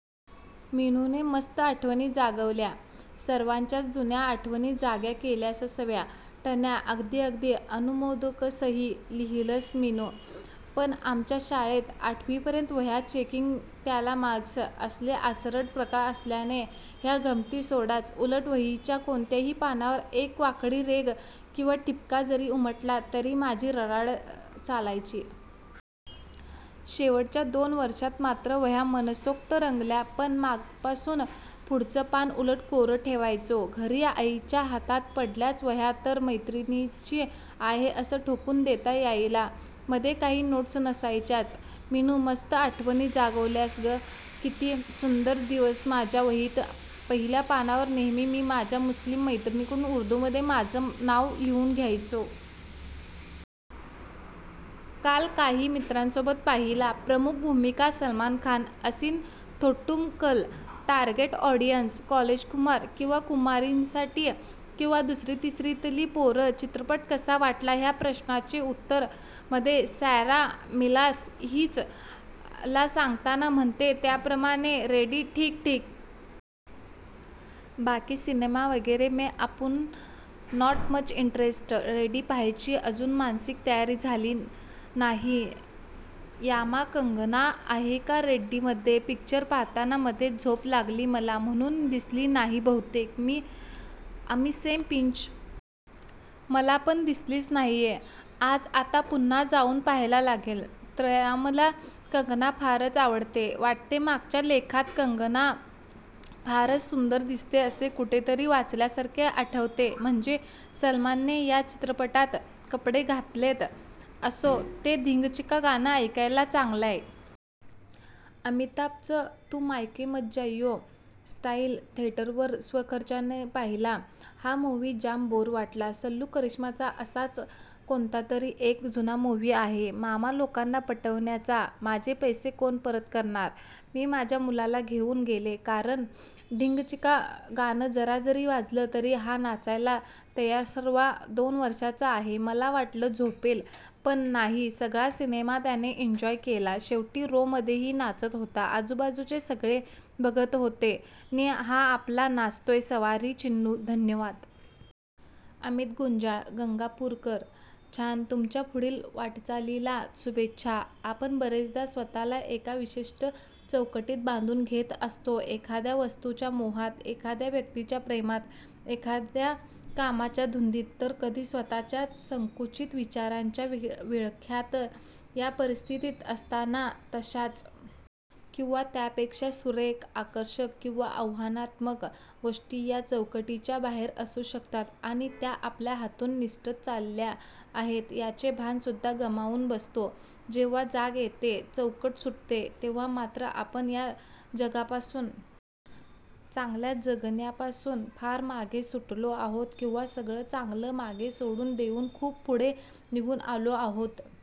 मीनुने मस्त आठवणी जागवल्या. सर्वांच्याच जुन्या आठवणी जाग्या केल्याससव्या, टण्या: अगदी अगदी.. अनुमोदकसही लिहिलस मिनू! पण आमच्या शाळेत आठवीपर्यंत वह्या चेकिंग त्याला मार्क्स असले आचरट प्रकार असल्याने ह्या गमती सोडाच उलट वहीच्या कोणत्याही पानावर एक वाकडी रेघ किंवा ठिपका जरी उमटला तरी माझी रडारड चालायची. शेवटच्या दोन वर्षांत मात्र वह्या मनसोक्त रंगल्या पण मागपासून. पुढचं पान उलट कोरं ठेवायचो घरी आईच्या हातात पडल्याच वह्या तर मैत्रिणीची आहे असं ठोकून देता यायला. मधे काही नोट्स नसायच्याच: मीनु, मस्त आठवणी जागवल्यास गकित्ती सुंदर दिवसमाझ्या वहीत पहिल्या पानावर नेहमी मी माझ्या मुस्लिम मैत्रिणीकडुन उर्दुमध्ये माझं नाव लिहुन घ्यायचे. काल काही मित्रांसोबत!!! पाहिला. प्रमुख भुमिका: सलमान खान. असिन थोट्टुमकल. टारगेट ऑडियन्स: कॉलेजकुमार/कुमारींसाठी किंवा दुसरी-तिसरीतली पोरं. "चित्रपट कसा वाटला" ह्या प्रश्नाचे उत्तर मधे सॅरा मिलास, 'हीच' ला सांगताना म्हणते त्याप्रमाणे, ',! 'रेडी ठीक ठीक. बाकी सिनेमा वगैरे मे आपुन नॉट मच इंटरेस्टेड. रेडी पहायची अजून मानसिक तयारी झाली नाहीऋयामा, कंगना आहे का रेडि मध्ये???? पिक्चर पाहताना मध्येच झोप लागली मला म्हणून दिसली नाही बहुतेक. मी अमि सेम पिंच.. मला पण दिसलीच नाहीये. आज आता पुन्हा जाऊन पहायला लागेल. ऋयामला कंगना फारच आवडते वाटतेमागच्या लेखात कंगना फारच सुंदर दिसते असे कुठेतरी वाचल्या सारखे आठवतेम्हणजे, सलमान ने या चित्रपटात कपडे घातलेत?!! असो. ते धिंगचिका गाणं ऐकायला चांगलंय. अमिताभचं 'तू मैके मत जईयो' स्टाईल. थेटरवर, स्वखर्चाने पाहिला हा मूव्ही. जाम बोअर वाटला. सल्लू, करिश्माचा असाच कोणता तरी एक जुना मूव्ही आहे, मामा लोकांना पटवण्याचा. माझे पैसे कोण परत करणार??????????????????????????????????? मी माझ्या मुलाला घेउन गेलेकारण ढिंक चिका गाण जरा जरी वाजल तरी हा नाचायला तयार्सव्वा दोन वर्षाचा आहेमला वाटल झोपेल पण नाहीसगळा सेनेमा त्यानेएन्जॉय केलाशेवटी रो मधेही नाचत होताआजुबाजुचे सगळे बघत होते नी हा आपला नाचतोयसावरीचिन्नू, धन्यवाद. अमित गुंजाळ, गंगापूरकर. छानतुमच्या पुढील वाटचालीला शुभेच्छा. आपण बरेचदा स्वतःला एका विशिष्ट चौकटीत बांधून घेत असतोएखाद्या वस्तूच्या मोहात, एखाद्या व्यक्तीच्या प्रेमात, एखाद्या कामाच्या धुंदीत तर कधी स्वतःच्याच संकुचित विचारांच्या विळख्यातया परिस्थितीत असतांना तशाच किंवा त्यापेक्षा सुरेख आकर्षक किंवा आव्हानात्मक गोष्टी या चौकटीच्या बाहेर असू शकतात आणि त्या आपल्या हाथून निसटत चालल्या आहेत याचे भान सुद्धा गमावून बसतोजेव्हा जाग येते, चौकट सुटते तेव्हा मात्र आपण या जगापासून, चांगल्या जगण्यापासून फार मागे सुटलो आहोत किंवा सगळं चांगलं मागे सोडून देऊन खूप पुढे निघून आलो आहोत